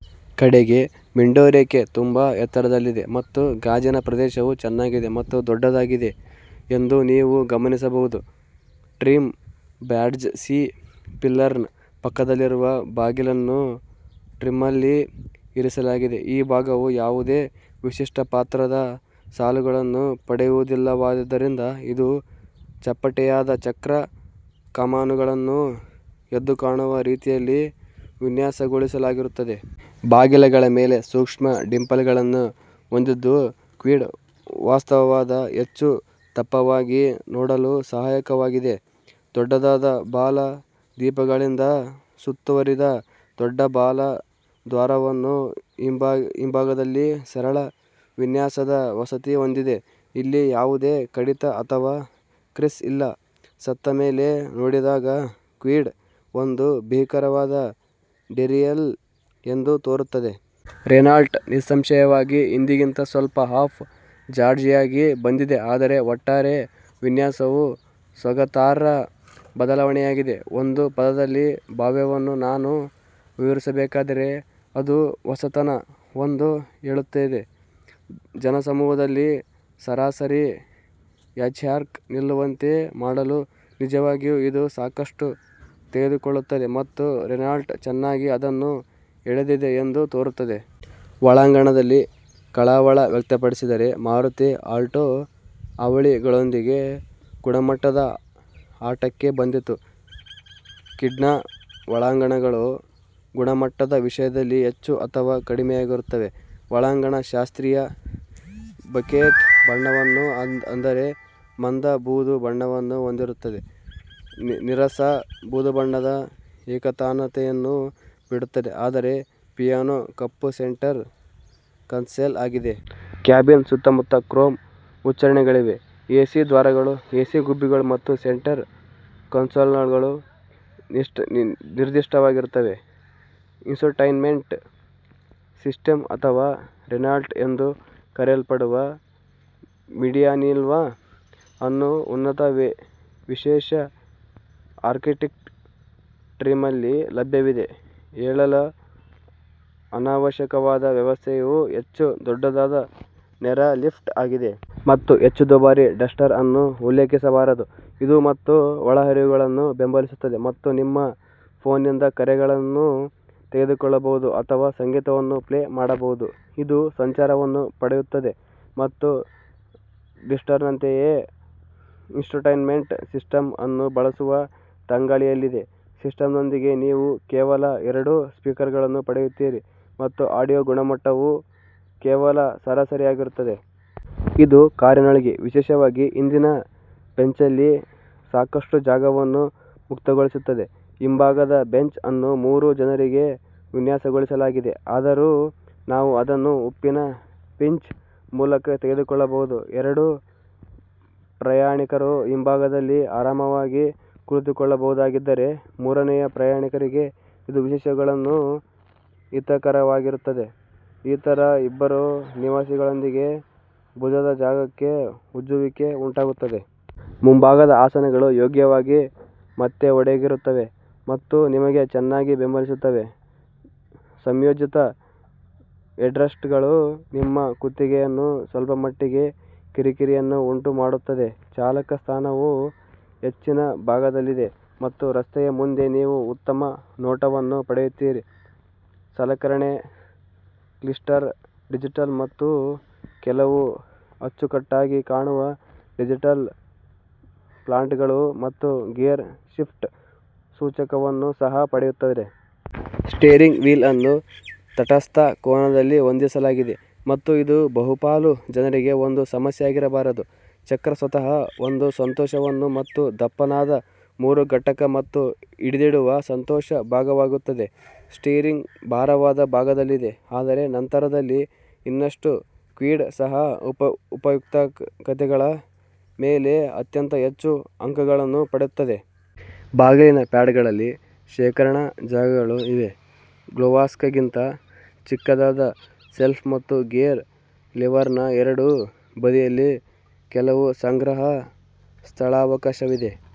ಕಡೆಗೆ, ವಿಂಡೋ ರೇಖೆ ತುಂಬಾ ಎತ್ತರದಲ್ಲಿದೆ ಮತ್ತು ಗಾಜಿನ ಪ್ರದೇಶವು ಚೆನ್ನಾಗಿದೆ ಮತ್ತು ದೊಡ್ಡದಾಗಿದೆ ಎಂದು ನೀವು ಗಮನಿಸಬಹುದು. ಟ್ರಿಮ್ ಬ್ಯಾಡ್ಜ್ ಸಿ-ಪಿಲ್ಲರ್ನ ಪಕ್ಕದಲ್ಲಿರುವ ಬಾಗಿಲನ್ನು ಟ್ರಿಮ್ನಲ್ಲಿ ಇರಿಸಲಾಗಿದೆ. ಈ ಭಾಗವು ಯಾವುದೇ ವಿಶಿಷ್ಟ ಪಾತ್ರದ ಸಾಲುಗಳನ್ನು ಪಡೆಯುವುದಿಲ್ಲವಾದ್ದರಿಂದ, ಇದು ಚಪ್ಪಟೆಯಾದ ಚಕ್ರ ಕಮಾನುಗಳನ್ನು ಎದ್ದುಕಾಣುವ ರೀತಿಯಲ್ಲಿ ವಿನ್ಯಾಸಗೊಳಿಸಲಾಗಿರುತ್ತದೆ. ಬಾಗಿಲಗಳ ಮೇಲೆ ಸೂಕ್ಷ್ಮ ಡಿಂಪಲ್ಗಳನ್ನು ಹೊಂದಿದ್ದು ಕ್ವಿಡ್ ವಾಸ್ತವವಾಗಿ ಹೆಚ್ಚು ದಪ್ಪವಾಗಿ ನೋಡಲು ಸಹಾಯಕವಾಗಿದೆ. ದೊಡ್ಡದಾದ ಬಾಲ-ದೀಪಗಳಿಂದ ಸುತ್ತುವರಿದ ದೊಡ್ಡ ಬಾಲ ದ್ವಾರವನ್ನು ಹಿಂಭಾಗದಲ್ಲಿ ಸರಳ ವಿನ್ಯಾಸದ ವಸತಿ ಹೊಂದಿದೆ. ಇಲ್ಲಿ ಯಾವುದೇ ಕಡಿತ ಅಥವಾ ಕ್ರೀಸ್ ಇಲ್ಲ. ಸತ್ತ ಮೇಲೆ ನೋಡಿದಾಗ, ಕ್ವಿಡ್ ಒಂದು ಭೀಕರವಾದ ಡೆರಿಯರ್ ಎಂದು ತೋರುತ್ತದೆ. ರೆನಾಲ್ಟ್ ನಿಸ್ಸಂಶಯವಾಗಿ ಹಿಂದಿಗಿಂತ ಸ್ವಲ್ಪ ಅಪ್ ಝಾಜ್ಡ್ಆಗಿ ಬಂದಿದೆ ಆದರೆ, ಒಟ್ಟಾರೆ ವಿನ್ಯಾಸವು ಸ್ವಾಗತಾರ್ಹ ಬದಲಾವಣೆಯಾಗಿದೆ. ಒಂದು ಪದದಲ್ಲಿ ಬಾಹ್ಯವನ್ನು ನಾನು ವಿವರಿಸಬೇಕಾದರೆ, ಅದು 'ಹೊಸತನ' ಎಂದು ಹೇಳುತ್ತೇವೆ. ಜನಸಮೂಹದಲ್ಲಿ ಸರಾಸರಿ ಹ್ಯಾಚ್ಬ್ಯಾಕ್ ನಿಲ್ಲುವಂತೆ ಮಾಡಲು ನಿಜವಾಗಿಯೂ ಇದು ಸಾಕಷ್ಟು ತೆಗೆದುಕೊಳ್ಳುತ್ತದೆ ಮತ್ತು ರೆನಾಲ್ಟ್ ಚೆನ್ನಾಗಿ ಅದನ್ನು ಎಳೆದಿದೆ ಎಂದು ತೋರುತ್ತದೆ. ಒಳಾಂಗಣದಲ್ಲಿ ಕಳವಳ ವ್ಯಕ್ತಪಡಿಸಿದರೆ, ಮಾರುತಿ ಆಲ್ಟೊ ಅವಳಿಗಳೊಂದಿಗೆ ಗುಣಮಟ್ಟದ ಆಟಕ್ಕೆ ಬಂದಿತು. ಕ್ವಿಡ್ನ ಒಳಾಂಗಣಗಳು ಗುಣಮಟ್ಟದ ವಿಷಯದಲ್ಲಿ ಹೆಚ್ಚು ಅಥವಾ ಕಡಿಮೆಯಾಗಿರುತ್ತವೆ. ಒಳಾಂಗಣ ಶಾಸ್ತ್ರೀಯ ಬಜೆಟ್ ಬಣ್ಣವನ್ನು ಅಂದರೆ ಮಂದ ಬೂದು ಬಣ್ಣವನ್ನು ಹೊಂದಿರುತ್ತದೆ. ನೀರಸ ಬೂದುಬಣ್ಣದ ಏಕತಾನತೆಯನ್ನು ಬಿಡುತ್ತದೆ ಆದರೆ ಪಿಯಾನೋ ಕಪ್ಪು ಸೆಂಟರ್ ಕನ್ಸೋಲ್ ಆಗಿದೆ. ಕ್ಯಾಬಿನ್ ಸುತ್ತ ಸ್ವಲ್ಪ ಕ್ರೋಮ್ ಉಚ್ಚಾರಣೆಗಳಿವೆ ಎಸಿ ದ್ವಾರಗಳು, ಎಸಿ ಗುಬ್ಬಿಗಳು ಮತ್ತು ಸೆಂಟರ್ ಕನ್ಸೋಲ್ಗಳು ನಿರ್ದಿಷ್ಟವಾಗಿರುತ್ತವೆ. ಇನ್ಫೋಟೈನ್ಮೆಂಟ್ ಸಿಸ್ಟಮ್ ಅಥವಾ ರೆನಾಲ್ಟ್ ಎಂದು ಕರೆಯಲ್ಪಡುವ 'ಮೀಡಿಯಾಎನ್ವಿ' ಅನ್ನು ಉನ್ನತ ವಿಶೇಷ ಆರ್ಎಕ್ಸ್ಟಿ ಟ್ರಿಮ್ನಲ್ಲಿ ಲಭ್ಯವಿದೆ. ಹೇಳಲು ಅನಾವಶ್ಯಕವಾದ, ವ್ಯವಸ್ಥೆಯು ಹೆಚ್ಚು ದೊಡ್ಡದಾದ ನೇರ ಲಿಫ್ಟ್ ಆಗಿದೆ. ಮತ್ತು ಹೆಚ್ಚು ದುಬಾರಿ, ಡಸ್ಟರ್ ಅನ್ನು ಉಲ್ಲೇಖಿಸಬಾರದು. ಇದು ಮತ್ತು ಒಳಹರಿವುಗಳನ್ನು ಬೆಂಬಲಿಸುತ್ತದೆ ಮತ್ತು ನಿಮ್ಮ ಫೋನ್ನಿಂದ ಕರೆಗಳನ್ನು ತೆಗೆದುಕೊಳ್ಳಬಹುದು ಅಥವಾ ಸಂಗೀತವನ್ನು ಪ್ಲೇ ಮಾಡಬಹುದು. ಇದು ಸಂಚಾರವನ್ನು ಪಡೆಯುತ್ತದೆ ಮತ್ತು ಡಸ್ಟರ್ನಂತೆಯೇ, ಇನ್ಫೋಟೈನ್ಮೆಂಟ್ ಸಿಸ್ಟಮ್ ಅನ್ನು ಬಳಸಲು ತಂಗಾಳಿಯಲ್ಲಿದೆ. ಸಿಸ್ಟಂನೊಂದಿಗೆ ನೀವು ಕೇವಲ ಎರಡು ಸ್ಪೀಕರ್ಗಳನ್ನು ಪಡೆಯುತ್ತೀರಿ ಮತ್ತು ಆಡಿಯೋ ಗುಣಮಟ್ಟವು ಕೇವಲ ಸರಾಸರಿಯಾಗಿರುತ್ತದೆ. ಇದು ಕಾರಿನೊಳಗೆ, ವಿಶೇಷವಾಗಿ ಹಿಂದಿನ ಬೆಂಚ್ನಲ್ಲಿ ಸಾಕಷ್ಟು ಜಾಗವನ್ನು ಮುಕ್ತಗೊಳಿಸುತ್ತದೆ. ಹಿಂಭಾಗದ ಬೆಂಚ್ ಅನ್ನು ಮೂರು ಜನರಿಗೆ ವಿನ್ಯಾಸಗೊಳಿಸಲಾಗಿದೆ, ಆದರೂ ನಾವು ಅದನ್ನು ಉಪ್ಪಿನ ಪಿಂಚ್ ಮೂಲಕ ತೆಗೆದುಕೊಳ್ಳಬಹುದು. ಎರಡು ಪ್ರಯಾಣಿಕರು ಹಿಂಭಾಗದಲ್ಲಿ ಆರಾಮವಾಗಿ ಕುಳಿತುಕೊಳ್ಳಬಹುದಾಗಿದ್ದರೆ, ಮೂರನೆಯ ಪ್ರಯಾಣಿಕರಿಗೆ ಇದು ವಿಷಯಗಳನ್ನು ಅಹಿತಕರವಾಗಿಸುತ್ತದೆ ಇತರ ಇಬ್ಬರು ನಿವಾಸಿಗಳೊಂದಿಗೆ ಭುಜದ ಜಾಗಕ್ಕೆ ಉಜ್ಜುವಿಕೆ ಉಂಟಾಗುತ್ತದೆ. ಮುಂಭಾಗದ ಆಸನಗಳು ಯೋಗ್ಯವಾಗಿ ಮೆತ್ತೆಯೊಡಗಿರುತ್ತವೆ ಮತ್ತು ನಿಮಗೆ ಚೆನ್ನಾಗಿ ಬೆಂಬಲಿಸುತ್ತವೆ. ಸಂಯೋಜಿತ ಹೆಡ್ರೆಸ್ಟ್ಗಳು ನಿಮ್ಮ ಕುತ್ತಿಗೆಯನ್ನು ಸ್ವಲ್ಪಮಟ್ಟಿಗೆ ಕಿರಿಕಿರಿಯನ್ನು ಉಂಟು ಮಾಡುತ್ತದೆ. ಚಾಲಕ ಸ್ಥಾನವು ಹೆಚ್ಚಿನ ಭಾಗದಲ್ಲಿದೆ ಮತ್ತು ರಸ್ತೆಯ ಮುಂದೆ ನೀವು ಉತ್ತಮ ನೋಟವನ್ನು ಪಡೆಯುತ್ತೀರಿ. ಸಲಕರಣೆ ಕ್ಲಸ್ಟರ್ ಡಿಜಿಟಲ್ ಮತ್ತು ಕೆಲವು ಅಚ್ಚುಕಟ್ಟಾಗಿ ಕಾಣುವ ಡಿಜಿಟಲ್ ಫಾಂಟ್ಗಳನ್ನು ಮತ್ತು ಗೇರ್ ಶಿಫ್ಟ್ ಸೂಚಕವನ್ನು ಸಹ ಪಡೆಯುತ್ತದೆ. ಸ್ಟೀರಿಂಗ್ ವೀಲ್ ಅನ್ನು ತಟಸ್ಥ ಕೋನದಲ್ಲಿ ಹೊಂದಿಸಲಾಗಿದೆ ಮತ್ತು ಇದು ಬಹುಪಾಲು ಜನರಿಗೆ ಒಂದು ಸಮಸ್ಯೆಯಾಗಿರಬಾರದು. ಚಕ್ರ ಸ್ವತಃ ಒಂದು ಸಂತೋಷವನ್ನು ಮತ್ತು ದಪ್ಪನಾದ ಮೂರು ಘಟಕ ಮತ್ತು ಹಿಡಿದಿಡಲು ಸಂತೋಷ ಭಾಸವಾಗುತ್ತದೆ. ಸ್ಟೀರಿಂಗ್ ಭಾರವಾದ ಭಾಗದಲ್ಲಿದೆ, ಆದರೆ ನಂತರದಲ್ಲಿ ಇನ್ನಷ್ಟು. ಕ್ವಿಡ್ ಸಹ ಉಪಯುಕ್ತತೆಗಳ ಮೇಲೆ ಅತ್ಯಂತ ಹೆಚ್ಚು ಅಂಕಗಳನ್ನು ಪಡೆಯುತ್ತವೆ. ಬಾಗಿಲಿನ ಪ್ಯಾಡ್ಗಳಲ್ಲಿ ಶೇಖರಣಾ ಜಾಗಗಳು ಇವೆ, ಗ್ಲೋವ್ಬಾಕ್ಸ್ಗಿಂತ ಚಿಕ್ಕದಾದ ಶೆಲ್ಫ್ ಮತ್ತು ಗೇರ್ ಲಿವರ್ನ ಎರಡೂ ಬದಿಯಲ್ಲಿ ಕೆಲವು ಸಂಗ್ರಹ ಸ್ಥಳಾವಕಾಶವಿದೆ.